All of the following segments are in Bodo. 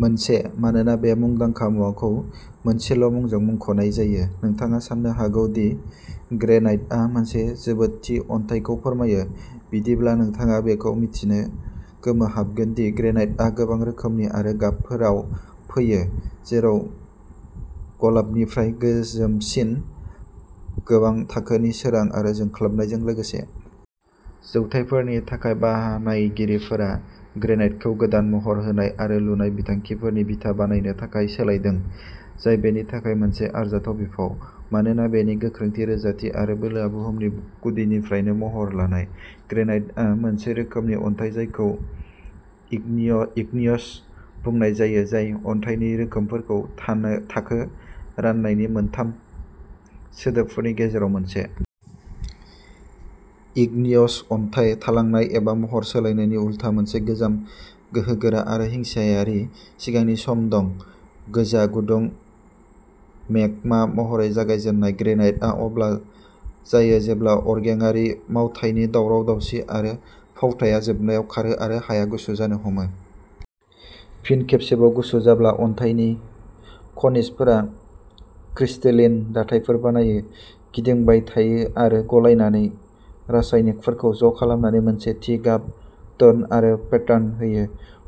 मोनसे. मानोना बे मुंदांखा मुवाखौ मोनसेल'मुंजों मुंख'नाय जायो, नोंथाङा साननो हागौ दि "ग्रेनाइट" आ मोनसे जोबोद थि अन्थाइखौ फोरमायो। बिदिब्ला, नोंथाङा बेखौ मिथिनो गोमोहाबगोन दि ग्रेनाइटआ गोबां रोखोमनि आरो गाबफोराव फैयो, जेराव गलाबनिफ्राय गोसोमसिम, गोबां थाखोनि सोरां आरो जोंख्लाबनायजों लोगोसे। जौथायफोरनि थाखाय, बानायगिरिफोरा ग्रेनाइटखौ गोदान महर होनाय आरो लुनाय बिथांखिफोरनि बिथा बानायनो थाखाय सोलायदों, जाय बेनि थाखाय मोनसे आरजाथाव बिफाव, मानोना बेनि गोख्रोंथि, रोजाथि आरो बोलोआ बुहुमनि गुदिनिफ्रायनो महर लानाय। ग्रेनाइटआ मोनसे रोखोमनि अन्थाइ जायखौ इग्नियस बुंनाय जायो, जाय अन्थाइनि रोखोमफोरखौ थाखो रान्नायनि मोनथाम सोदोबफोरनि गेजेराव मोनसे। इग्नियस अन्थाइ, थालांनाय एबा महर सोलायनायनि उलथा, मोनसे गोजाम, गोहोगोरा आरो हिंसायारि सिगांनि सम दं। गोजा-गुदुं मेगमा महरै जागायजेन्नाय, ग्रेनाइटआ अब्ला जायो जेब्ला अरगेंआरि मावथायनि दावराव-दावसि आरो फावथाया जोबनायाव खारो आरो हाया गुसु जानो हमो। फिन खेबसेबाव गुसु जाब्ला, अन्थाइनि खनिजफोरा क्रिस्टेलिन दाथायफोर बानायो, गिदिंबाय थायो आरो गलायनानै रासायनिकफोरखौ ज'खालामनानै मोनसे थि गाब, टोन आरो पेटार्न होयो।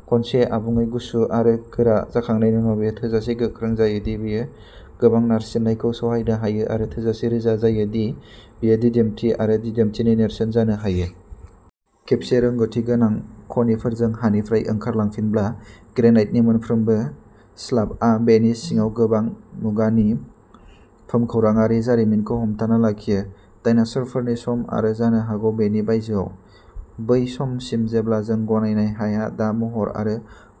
खनसे आबुङै गुसु आरो गोरा जाखांनायनि उनाव, बेयो थोजासे गोख्रों जायो दि बेयो गोबां नारसिननायखौ सहायनो हायो आरो थोजासे रोजा जायो दि बेयो दिदोमथि आरो दिदोमथिनि नेरसोन जानो हायो। खेबसे रोंग'थि गोनां खनिकफोरजों हानिफ्राय ओंखार लांफिनब्ला, ग्रेनाइटनि मोनफ्रोमबो स्लाबआ बेनि सिङाव गोबां मुगानि भुमखौराङारि जारिमिनखौ हमथाना लाखियो, डायनासोरफोरनि सम आरो जानो हागौ बेनि बायजोआव, बै समसिम जेब्ला जों गनायनाय हाया दा महर आरो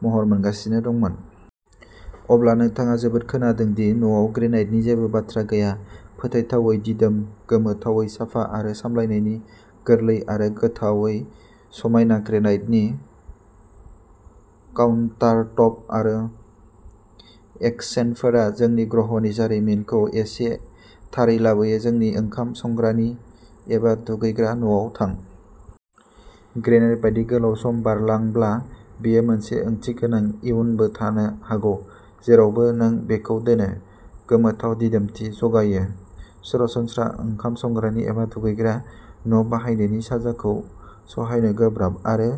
महर मोनगासिनो दंमोन। अब्ला, नोंथाङा जोबोद खोनादों दि न'आव ग्रेनाइटनि जेबो बाथ्रा गैया। फोथायथावै दिदोम, गोमोथावै साफा आरो सामलायनायनि गोरलै आरो गोमोथावै समायना, ग्रेनाइटनि काउन्टारटप आरो एक्सेन्टफोरा जोंनि ग्रहनि जारिमिनखौ एसे थारै लाबोयो। नोंनि ओंखाम संग्रानि एबा दुगैग्रा न'आव थां। ग्रेनाइट बायदि गोलाव सम बारलांब्ला, बेयो मोनसे ओंथिगोनां इयुनबो थानो हागौ, जेरावबो नों बेखौ दोनो, गोमोथाव दिदोमथि जगायो। सरासनस्रा ओंखाम संग्रानि एबा दुगैग्रा न'बाहायनायनि साजाखौ सहायनो गोब्राब, आरो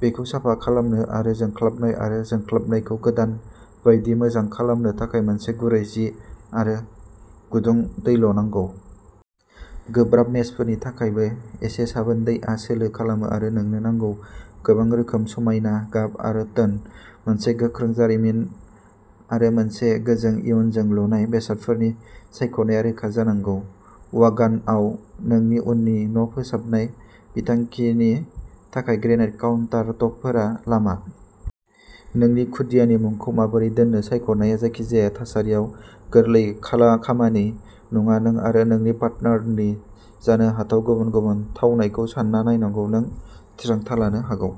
बेखौ साफा खालामनो आरो जोंख्लाबनाय आरो जोंख्लाबनायखौ गोदान बायदि मोजां खालामनो थाखाय मोनसे गुरै जि आरो गुदुं दैल'नांगौ। गोब्राब मेसफोरनि थाखायबो, एसे साबोन दैआ सोलो खालामो आरो नोंनो नांगौ। गोबां रोखोम, समायना गाब आरो टोन, मोनसे गोख्रों जारिमिन आरो मोनसे गोजों इयुनजों, लुनाय बेसादफोरनि सायख'नायआ रोखा जानांगौः व'गानआव नोंनि उननि न'फोसाबनाय बिथांखिनि थाखाय, ग्रेनाइट काउन्टारटपफोरा लामा। नोंनि खुदियानि मुंखौ माबोरै दोन्नो सायख'नाया जायखिजाया थासारियाव गोरलै खामानि नङा-नों आरो नोंनि पार्टनारनि जानो हाथाव गुबुन गुबुन थावनायखौ सान्ना नायनांगौ, नों थिरांथा लानो हागौ।